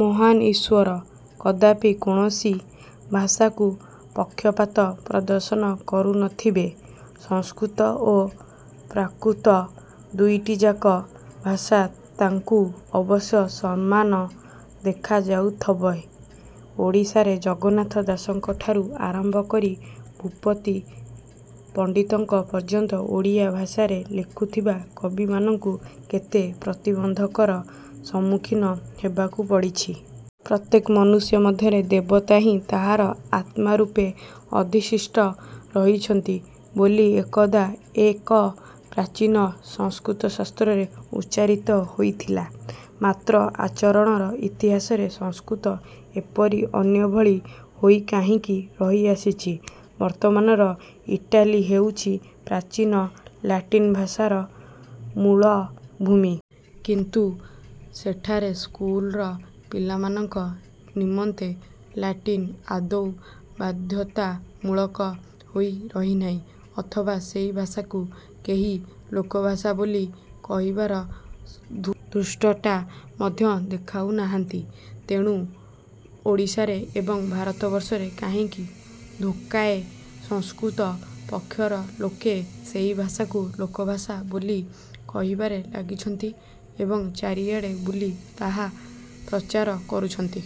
ମହାନ୍ ଈଶ୍ୱର କଦାପି କୌଣସି ଭାଷାକୁ ପକ୍ଷପାତ ପ୍ରଦର୍ଶନ କରୁନଥିବେ। ସଂସ୍କୃତ ଓ ପ୍ରାକୃତ ଦୁଇଟିଯାକ ଭାଷା ତାଙ୍କୁ ଅବଶ୍ୟ ସମାନ ଦେଖାଯାଉଥବେ। ଓଡ଼ିଶାରେ ଜଗନ୍ନାଥ ଦାସଙ୍କଠାରୁ ଆରମ୍ଭ କରି ଭୂପତି ପଣ୍ଡିତଙ୍କ ପର୍ଯ୍ୟନ୍ତ ଓଡ଼ିଆ ଭାଷାରେ ଲେଖୁଥିବା କବିମାନଙ୍କୁ କେତେ ପ୍ରତିବନ୍ଧକର ସମ୍ମୁଖୀନ ହେବାକୁ ପଡ଼ିଛି। ପ୍ରତ୍ୟେକ ମନୁଷ୍ୟ ମଧ୍ୟରେ ଦେବତା ହିଁ ତାହାର ଆତ୍ମା ରୂପେ ଅଧିଷ୍ଠିତ ରହିଛନ୍ତି ବୋଲି ଏକଦା ଏକ ପ୍ରାଚୀନ ସଂସ୍କୃତଶାସ୍ତ୍ରରେ ଉଚ୍ଚାରିତ ହୋଇଥିଲା। ମାତ୍ର ଆଚରଣର ଇତିହାସରେ ସଂସ୍କୃତ ଏପରି ଅନ୍ୟ ଭଳି ହୋଇ କାହିଁକି ରହିଆସିଛି? ବର୍ତ୍ତମାନର ଇଟାଲୀ ହେଉଛି ପ୍ରାଚୀନ ଲାଟିନ୍ ଭାଷାର ମୂଳ ଭୂମି। କିନ୍ତୁ ସେଠାରେ ସ୍କୁଲର ପିଲାମାନଙ୍କ ନିମନ୍ତେ ଲାଟିନ୍ ଆଦୌ ବାଧ୍ୟତାମୂଳକ ହୋଇ ରହିନାହିଁ, ଅଥବା ସେହି ଭାଷାକୁ କେହି ଲୋକଭାଷା ବୋଲି। କହିବାର ଧୃଷ୍ଟତା ମଧ୍ୟ ଦେଖାଉନାହାନ୍ତି। ତେଣୁ ଓଡ଼ିଶାରେ ଏବଂ ଭାରତବର୍ଷରେ କାହିଁକି ଥୋକାଏ ସଂସ୍କୃତ ପକ୍ଷର ଲୋକେ ସେହି ଭାଷାକୁ ଲୋକଭାଷା ବୋଲି କହିବାରେ ଲାଗିଛନ୍ତି ଏବଂ ଚାରିଆଡ଼େ ବୁଲି ତାହା ପ୍ରଚାର କରୁଛନ୍ତି?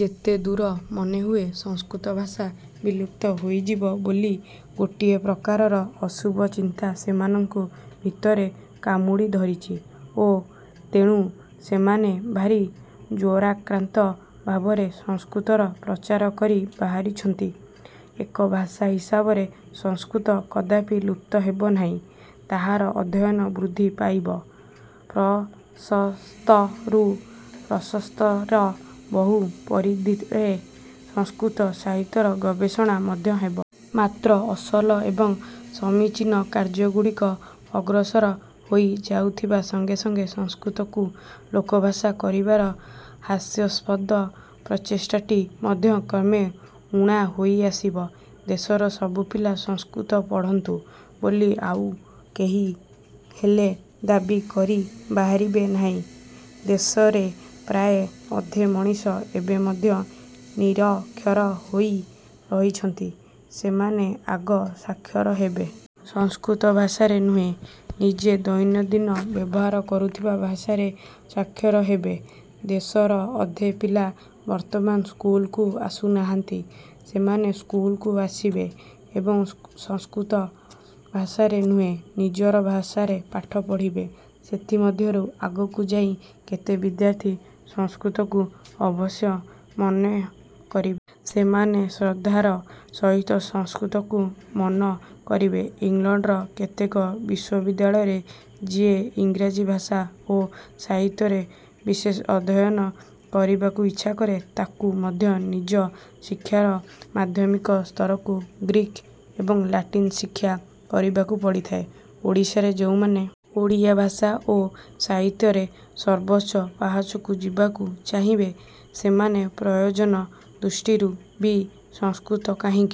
ଯେତେଦୂର ମନେହୁଏ, ସଂସ୍କୃତଭାଷା ବିଲୁପ୍ତ ହୋଇଯିବ ବୋଲି ଗୋଟିଏ ପ୍ରକାରର ଅଶୁଭ ଚିନ୍ତା ସେମାନଙ୍କୁ ଭିତରେ କାମୁଡ଼ି ଧରିଛି ଓ ତେଣୁ ସେମାନେ ଭାରି ଜ୍ୱରାକ୍ରାନ୍ତ ଭାବରେ ସଂସ୍କୃତର ପ୍ରଚାର କରି ବାହାରିଛନ୍ତି। ଏକ ଭାଷା ହିସାବରେ ସଂସ୍କୃତ କଦାପି ଲୁପ୍ତ ହେବ ନାହିଁ। ତାହାର ଅଧ୍ୟୟନ ବୃଦ୍ଧି ପାଇବ, ପ୍ରଶସ୍ତରୁ ପ୍ରଶସ୍ତତର ବହୁ ପରିଧିରେ ସଂସ୍କୃତ ସାହିତ୍ୟର ଗବେଷଣା ମଧ୍ୟ ହେବ। ମାତ୍ର ଅସଲ ଏବଂ ସମୀଚୀନ କାର୍ଯ୍ୟଗୁଡ଼ିକ ଅଗ୍ରସର ହୋଇ ଯାଉଥିବା ସଙ୍ଗେ ସଙ୍ଗେ ସଂସ୍କୃତକୁ ଲୋକଭାଷା କରିବାର ହାସ୍ୟାସ୍ପଦ ପ୍ରଚେଷ୍ଟାଟି ମଧ୍ୟ କ୍ରମେ ଊଣା ହୋଇଆସିବ। ଦେଶର ସବୁ ପିଲା ସଂସ୍କୃତ ପଢ଼ନ୍ତୁ ବୋଲି ଆଉ କେହିହେଲେ ଦାବି କରି ବାହାରିବେ ନାହିଁ। ଦେଶରେ ପ୍ରାୟ ଅଧେ ମଣିଷ ଏବେ ମଧ୍ୟ ନିରକ୍ଷର ହୋଇ ରହିଛନ୍ତି ସେମାନେ ଆଗ ସାକ୍ଷର ହେବେ। ସଂସ୍କୃତ ଭାଷାରେ ନୁହେଁ, ନିଜେ ଦୈନନ୍ଦିନ ବ୍ୟବହାର କରୁଥିବା ଭାଷାରେ ସାକ୍ଷର ହେବେ। ଦେଶର ଅଧେ ପିଲା ବର୍ତ୍ତମାନ ସ୍କୁଲକୁ ଆସୁନାହାନ୍ତି। ସେମାନେ ସ୍କୁଲକୁ ଆସିବେ ଏବଂ ସଂସ୍କୃତ ଭାଷାରେ ନୁହେଁ, ନିଜର ଭାଷାରେ ପାଠ ପଢ଼ିବେ। ସେଥିମଧ୍ୟରୁ ଆଗକୁ ଯାଇ କେତେ ବିଦ୍ୟାର୍ଥୀ ସଂସ୍କୃତକୁ ଅବଶ୍ୟ ମନ କରିବେ। ସେମାନେ ଶ୍ରଦ୍ଧାର ସହିତ ସଂସ୍କୃତକୁ ମନ କରିବେ। ଇଂଲଣ୍ଡର କେତେକ ବିଶ୍ୱବିଦ୍ୟାଳୟରେ ଯିଏ ଇଂରାଜୀ ଭାଷା ଓ ସାହିତ୍ୟରେ ବିଶେଷ ଅଧ୍ୟୟନ କରିବାକୁ ଇଚ୍ଛା କରେ, ତାକୁ ମଧ୍ୟ ନିଜ ଶିକ୍ଷାର ମାଧ୍ୟମିକ ସ୍ତରରୁ ଗ୍ରୀକ୍ ଏବଂ ଲାଟିନ୍ ଶିକ୍ଷା କରିବାକୁ ପଡ଼ିଥାଏ। ଓଡ଼ିଶାରେ ଯେଉଁମାନେ ଓଡ଼ିଆ ଭାଷା ଓ ସାହିତ୍ୟରେ ସର୍ବୋଚ୍ଚ ପାହାଚକୁ ଯିବାକୁ ଚାହିବେ, ସେମାନେ ପ୍ରୟୋଜନ ଦୃଷ୍ଟିରୁ ବି ସଂସ୍କୃତ କାହିଁକି